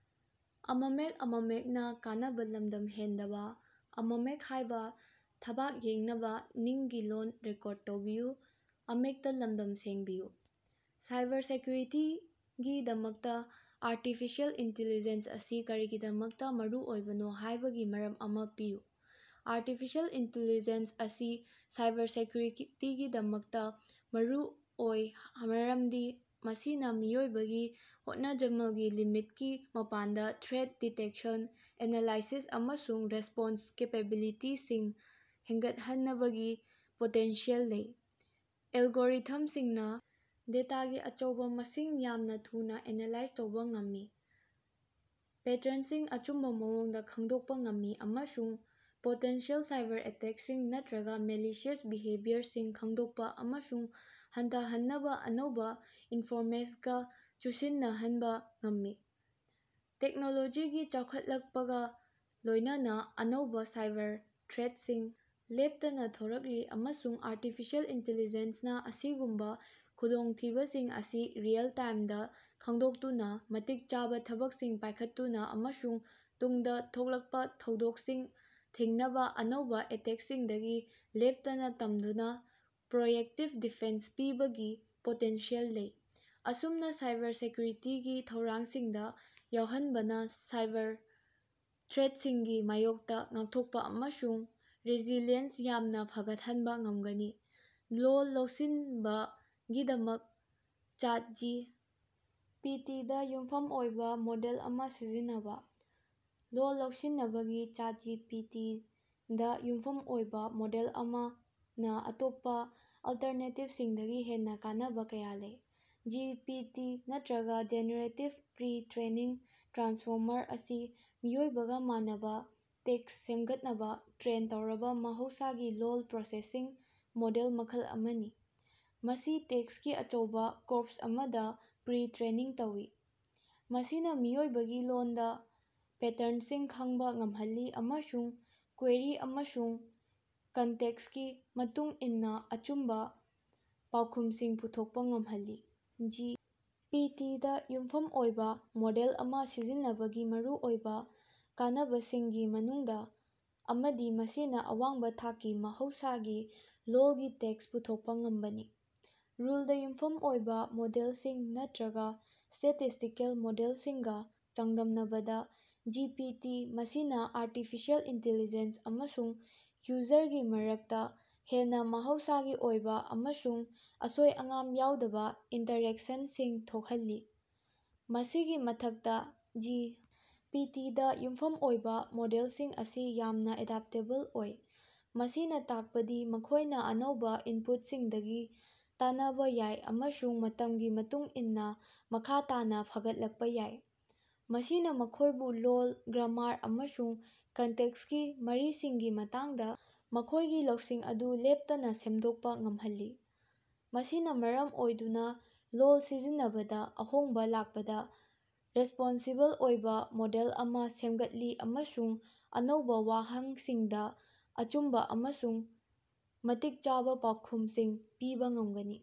Cyber ꯁꯦꯀ꯭ꯌꯨꯔꯤꯇꯤꯒꯤꯗꯃꯛꯇ artificial intelligence ꯑꯁꯤ ꯀꯔꯤꯒꯤꯗꯃꯛꯇ ꯃꯔꯨꯑꯣꯏꯕꯅꯣ ꯍꯥꯏꯕꯒꯤ ꯃꯔꯝ ꯑꯃ ꯄꯤꯌꯨ꯫ ꯑꯥꯔꯇꯤꯐꯤꯁꯤꯑꯦꯜ ꯏꯟꯇꯤꯂꯤꯖꯦꯟꯁ ꯑꯁꯤ ꯁꯥꯏꯕꯔ ꯁꯦꯀ꯭ꯌꯨꯔꯤꯇꯤꯒꯤꯗꯃꯛꯇ ꯃꯔꯨꯑꯣꯏ ꯃꯔꯝꯗꯤ ꯃꯁꯤꯅ ꯃꯤꯑꯣꯏꯕꯒꯤ ꯍꯣꯠꯅꯖꯃꯜꯒꯤ ꯂꯤꯃꯤꯠꯀꯤ ꯃꯄꯥꯟꯗ ꯊ꯭ꯔꯦꯠ ꯗꯤꯇꯦꯛꯁꯟ, ꯑꯦꯅꯥꯂꯥꯏꯁꯤꯁ ꯑꯃꯁꯨꯡ ꯔꯦꯁ꯭ꯄꯣꯟꯁ ꯀꯦꯄꯦꯕꯤꯂꯤꯇꯤꯁꯤꯡ ꯍꯦꯡꯒꯠꯍꯅꯕꯒꯤ ꯄꯣꯇꯦꯟꯁꯤꯑꯦꯜ ꯂꯩ꯫ ꯑꯦꯜꯒꯣꯔꯤꯊꯝꯁꯤꯡꯅ ꯗꯦꯇꯥꯒꯤ ꯑꯆꯧꯕ ꯃꯁꯤꯡ ꯌꯥꯝꯅ ꯊꯨꯅ ꯑꯦꯅꯥꯂꯥꯏꯖ ꯇꯧꯕ ꯉꯝꯃꯤ, ꯄꯦꯇ꯭ꯔꯟꯁꯤꯡ ꯑꯆꯨꯝꯕ ꯃꯑꯣꯡꯗ ꯈꯪꯗꯣꯛꯄ ꯉꯝꯃꯤ ꯑꯃꯁꯨꯡ ꯄꯣꯇꯦꯟꯁꯤꯑꯦꯜ ꯁꯥꯏꯕꯔ ꯑꯦꯇꯦꯀꯁꯤꯡ ꯅꯠꯇꯔꯒ ꯃꯥꯂꯤꯁꯤꯌ꯭ꯁ ꯕꯤꯍꯦꯕꯤꯌꯔꯁꯤꯡ ꯈꯪꯗꯣꯛꯄ ꯑꯃꯁꯨꯡ ꯍꯟꯊꯍꯟꯅꯕ ꯑꯅꯧꯕ ꯏꯟꯐꯣꯔꯃꯦꯁꯒ ꯆꯨꯁꯤꯟꯅꯍꯅꯕ ꯉꯝꯃꯤ꯫ ꯇꯦꯛꯅꯣꯂꯣꯖꯤꯒꯤ ꯆꯥꯎꯈꯠꯂꯛꯄꯒ ꯂꯣꯏꯅꯅ ꯑꯅꯧꯕ ꯁꯥꯏꯕꯔ ꯊ꯭ꯔꯦꯠꯁꯤꯡ ꯂꯦꯞꯇꯅ ꯊꯣꯔꯛꯂꯤ, ꯑꯃꯁꯨꯡ ꯑꯥꯔꯇꯤꯐꯤꯁꯤꯑꯦꯜ ꯏꯅꯇꯦꯂꯤꯖꯦꯟꯁꯅ ꯑꯁꯤꯒꯨꯝꯕ ꯈꯨꯗꯣꯡꯊꯤꯕꯁꯤꯡ ꯑꯁꯤ ꯔꯤꯑꯦꯜ ꯇꯥꯏꯝꯗ ꯈꯪꯗꯣꯛꯇꯨꯅ, ꯃꯇꯤꯛ ꯆꯥꯕ ꯊꯕꯛꯁꯤꯡ ꯄꯥꯏꯈꯠꯇꯨꯅ ꯑꯃꯁꯨꯡ ꯇꯨꯡꯗ ꯊꯣꯛꯂꯛꯄ ꯊꯧꯗꯣꯛꯁꯤꯡ ꯊꯤꯡꯅꯕ ꯑꯅꯧꯕ ꯑꯦꯇꯦꯛꯁꯤꯡꯗꯒꯤ ꯂꯦꯞꯇꯅ ꯇꯝꯗꯨꯅ ꯄ꯭ꯔꯣꯑꯦꯛꯇꯤꯕ ꯗꯤꯐꯦꯟꯁ ꯄꯤꯕꯒꯤ ꯄꯣꯇꯦꯟꯁꯤꯌꯦꯜ ꯂꯩ꯫ ꯑꯁꯨꯝꯅ, ꯁꯥꯏꯕꯔ ꯁꯦꯀ꯭ꯌꯨꯔꯤꯇꯤꯒꯤ ꯊꯧꯔꯥꯡꯁꯤꯡꯗ ꯌꯥꯎꯍꯟꯕꯅ ꯁꯥꯏꯕꯔ ꯊ꯭ꯔꯦꯠꯁꯤꯡꯒꯤ ꯃꯥꯌꯣꯛꯇ ꯉꯥꯛꯊꯣꯛꯄ ꯑꯃꯁꯨꯡ ꯔꯦꯁꯤꯂꯤꯌꯦꯟꯁ ꯌꯥꯝꯅ ꯐꯒꯠꯍꯟꯕ ꯉꯝꯒꯅꯤ꯫ ꯂꯣꯜ ꯂꯧꯁꯤꯟꯕꯒꯤꯗꯃꯛ ꯆꯥꯠ ꯖꯤ. ꯄꯤ. ꯇꯤ. ꯗ ꯌꯨꯝꯐꯝ ꯑꯣꯏꯕ ꯃꯣꯗꯦꯜ ꯑꯃ ꯁꯤꯖꯤꯟꯅꯕ꯫ ꯂꯣꯜ ꯂꯧꯁꯤꯅꯕꯒꯤ ꯆꯥꯠ ꯖꯤ. ꯄꯤ. ꯇꯤ. ꯗꯥ ꯌꯨꯝꯐꯝ ꯑꯣꯏꯕ ꯃꯣꯗꯦꯜ ꯑꯃꯅ ꯑꯇꯣꯞꯄ ꯑꯜꯇꯔꯅꯦꯇꯤꯕꯁꯤꯡꯗꯒꯤ ꯍꯦꯟꯅ ꯀꯥꯟꯅꯕ ꯀꯌꯥ ꯂꯩ꯫ ꯖꯤ. ꯄꯤ. ꯇꯤ., ꯅꯠꯇꯔꯒ ꯖꯦꯅꯦꯔꯦꯇꯤꯕ ꯄ꯭ꯔꯤ-ꯇ꯭ꯔꯦꯅꯤꯡ ꯇ꯭ꯔꯥꯟꯁꯐꯣꯔꯃꯔ ꯑꯁꯤ ꯃꯤꯑꯣꯏꯕꯒ ꯃꯥꯟꯅꯕ ꯇꯦꯛꯁ ꯁꯦꯝꯒꯠꯅꯕ ꯇ꯭ꯔꯦꯟ ꯇꯧꯔꯕ ꯃꯍꯧꯁꯥꯒꯤ ꯂꯣꯜ ꯄ꯭ꯔꯣꯁꯦꯁꯤꯡ ꯃꯣꯗꯦꯜ ꯃꯈꯜ ꯑꯃꯅꯤ꯫ ꯃꯁꯤ ꯇꯦꯛꯁꯀꯤ ꯑꯆꯧꯕ ꯀꯣꯔꯄ꯭ꯁ ꯑꯃꯗ ꯄ꯭ꯔꯤ-ꯇ꯭ꯔꯦꯅꯤꯡ ꯇꯧꯏ, ꯃꯁꯤꯅ ꯃꯤꯑꯣꯏꯕꯒꯤ ꯂꯣꯟꯗ ꯄꯦꯇꯔꯟꯁꯤꯡ ꯈꯪꯕ ꯉꯝꯍꯜꯂꯤ ꯑꯃꯁꯨꯡ ꯀ꯭ꯋꯦꯔꯤ ꯑꯃꯁꯨꯡ ꯀꯟꯇꯦꯛꯁꯀꯤ ꯃꯇꯨꯡ ꯏꯟꯅ ꯑꯆꯨꯝꯕ ꯄꯥꯎꯈꯨꯝꯁꯤꯡ ꯄꯨꯊꯣꯛꯄ ꯉꯝꯍꯜꯂꯤ꯫ ꯖꯤ. ꯄꯤ. ꯇꯤ. ꯗ ꯌꯨꯝꯐꯝ ꯑꯣꯏꯕ ꯃꯣꯗꯦꯜ ꯑꯃ ꯁꯤꯖꯤꯟꯅꯕꯒꯤ ꯃꯔꯨꯑꯣꯏꯕ ꯀꯥꯟꯅꯕꯁꯤꯡꯒꯤ ꯃꯅꯨꯡꯗ ꯑꯃꯗꯤ ꯃꯁꯤꯅ ꯑꯋꯥꯡꯕ ꯊꯥꯛꯀꯤ ꯃꯍꯧꯁꯥꯒꯤ ꯂꯣꯜꯒꯤ ꯇꯦꯛꯁ ꯄꯨꯊꯣꯛꯄ ꯉꯝꯕꯅꯤ꯫ ꯔꯨꯜꯗ ꯌꯨꯝꯐꯝ ꯑꯣꯏꯕ ꯃꯣꯗꯦꯂꯁꯤꯡ ꯅꯠꯇꯔꯒ ꯁ꯭ꯇꯦꯇꯤꯁ꯭ꯇꯤꯀꯦꯜ ꯃꯣꯗꯦꯜꯁꯤꯡꯒ ꯆꯥꯡꯗꯝꯅꯕꯗ, ꯖꯤ. ꯄꯤ. ꯇꯤ. ꯃꯁꯤꯅ ꯑꯥꯔꯇꯤꯐꯤꯁꯤꯑꯦꯜ ꯏꯟꯇꯦꯜꯂꯤꯖꯦꯟꯁ ꯑꯃꯁꯨꯡ ꯌꯨꯖꯔꯒꯤ ꯃꯔꯛꯇ ꯍꯦꯟꯅ ꯃꯍꯧꯁꯥꯒꯤ ꯑꯣꯏꯕ ꯑꯃꯁꯨꯡ ꯑꯁꯣꯏ-ꯑꯉꯥꯝ ꯌꯥꯎꯗꯕ ꯏꯟꯇꯔꯦꯛꯁꯟꯁꯤꯡ ꯊꯣꯛꯍꯜꯂꯤ꯫ ꯃꯁꯤꯒꯤ ꯃꯊꯛꯇ, ꯖꯤ. ꯄꯤ. ꯇꯤ. ꯗ ꯌꯨꯝꯐꯝ ꯑꯣꯏꯕ ꯃꯣꯗꯦꯜꯁꯤꯡ ꯑꯁꯤ ꯌꯥꯝꯅ ꯑꯦꯗꯞꯇꯦꯕꯜ ꯑꯣꯏ, ꯃꯁꯤꯅ ꯇꯥꯛꯄꯗꯤ ꯃꯈꯣꯏꯅ ꯑꯅꯧꯕ ꯏꯅꯄꯨꯠꯁꯤꯡꯗꯒꯤ ꯇꯅꯕ ꯌꯥꯏ ꯑꯃꯁꯨꯡ ꯃꯇꯝꯒꯤ ꯃꯇꯨꯡ ꯏꯟꯅ ꯃꯈꯥ ꯇꯥꯅ ꯐꯒꯠꯂꯛꯄꯥ ꯌꯥꯏ꯫ ꯃꯁꯤꯅ ꯃꯈꯣꯏꯕꯨ ꯂꯣꯜ, ꯒ꯭ꯔꯥꯃꯥꯔ, ꯑꯃꯁꯨꯡ ꯀꯟꯇꯦꯛꯁꯀꯤ ꯃꯔꯤꯁꯤꯡꯒꯤ ꯃꯇꯥꯡꯗ ꯃꯈꯣꯏꯒꯤ ꯂꯧꯁꯤꯡ ꯑꯗꯨ ꯂꯦꯞꯇꯅ ꯁꯦꯝꯗꯣꯛꯄ ꯉꯝꯍꯜꯂꯤ, ꯃꯁꯤꯅ ꯃꯔꯝ ꯑꯣꯏꯗꯨꯅ ꯂꯣꯜ ꯁꯤꯖꯤꯟꯅꯕꯗ ꯑꯍꯣꯡꯕ ꯂꯥꯛꯄꯗ ꯔꯦꯁ꯭ꯄꯣꯟꯁꯤꯕꯜ ꯑꯣꯏꯕ ꯃꯣꯗꯦꯜ ꯑꯃ ꯁꯦꯝꯒꯠꯂꯤ ꯑꯃꯁꯨꯡ ꯑꯅꯧꯕ ꯋꯥꯍꯪꯁꯤꯡꯗ ꯑꯆꯨꯝꯕ ꯑꯃꯁꯨꯡ ꯃꯇꯤꯛ ꯆꯥꯕ ꯄꯥꯎꯈꯨꯝꯁꯤꯡ ꯄꯤꯕ ꯉꯝꯒꯅꯤ꯫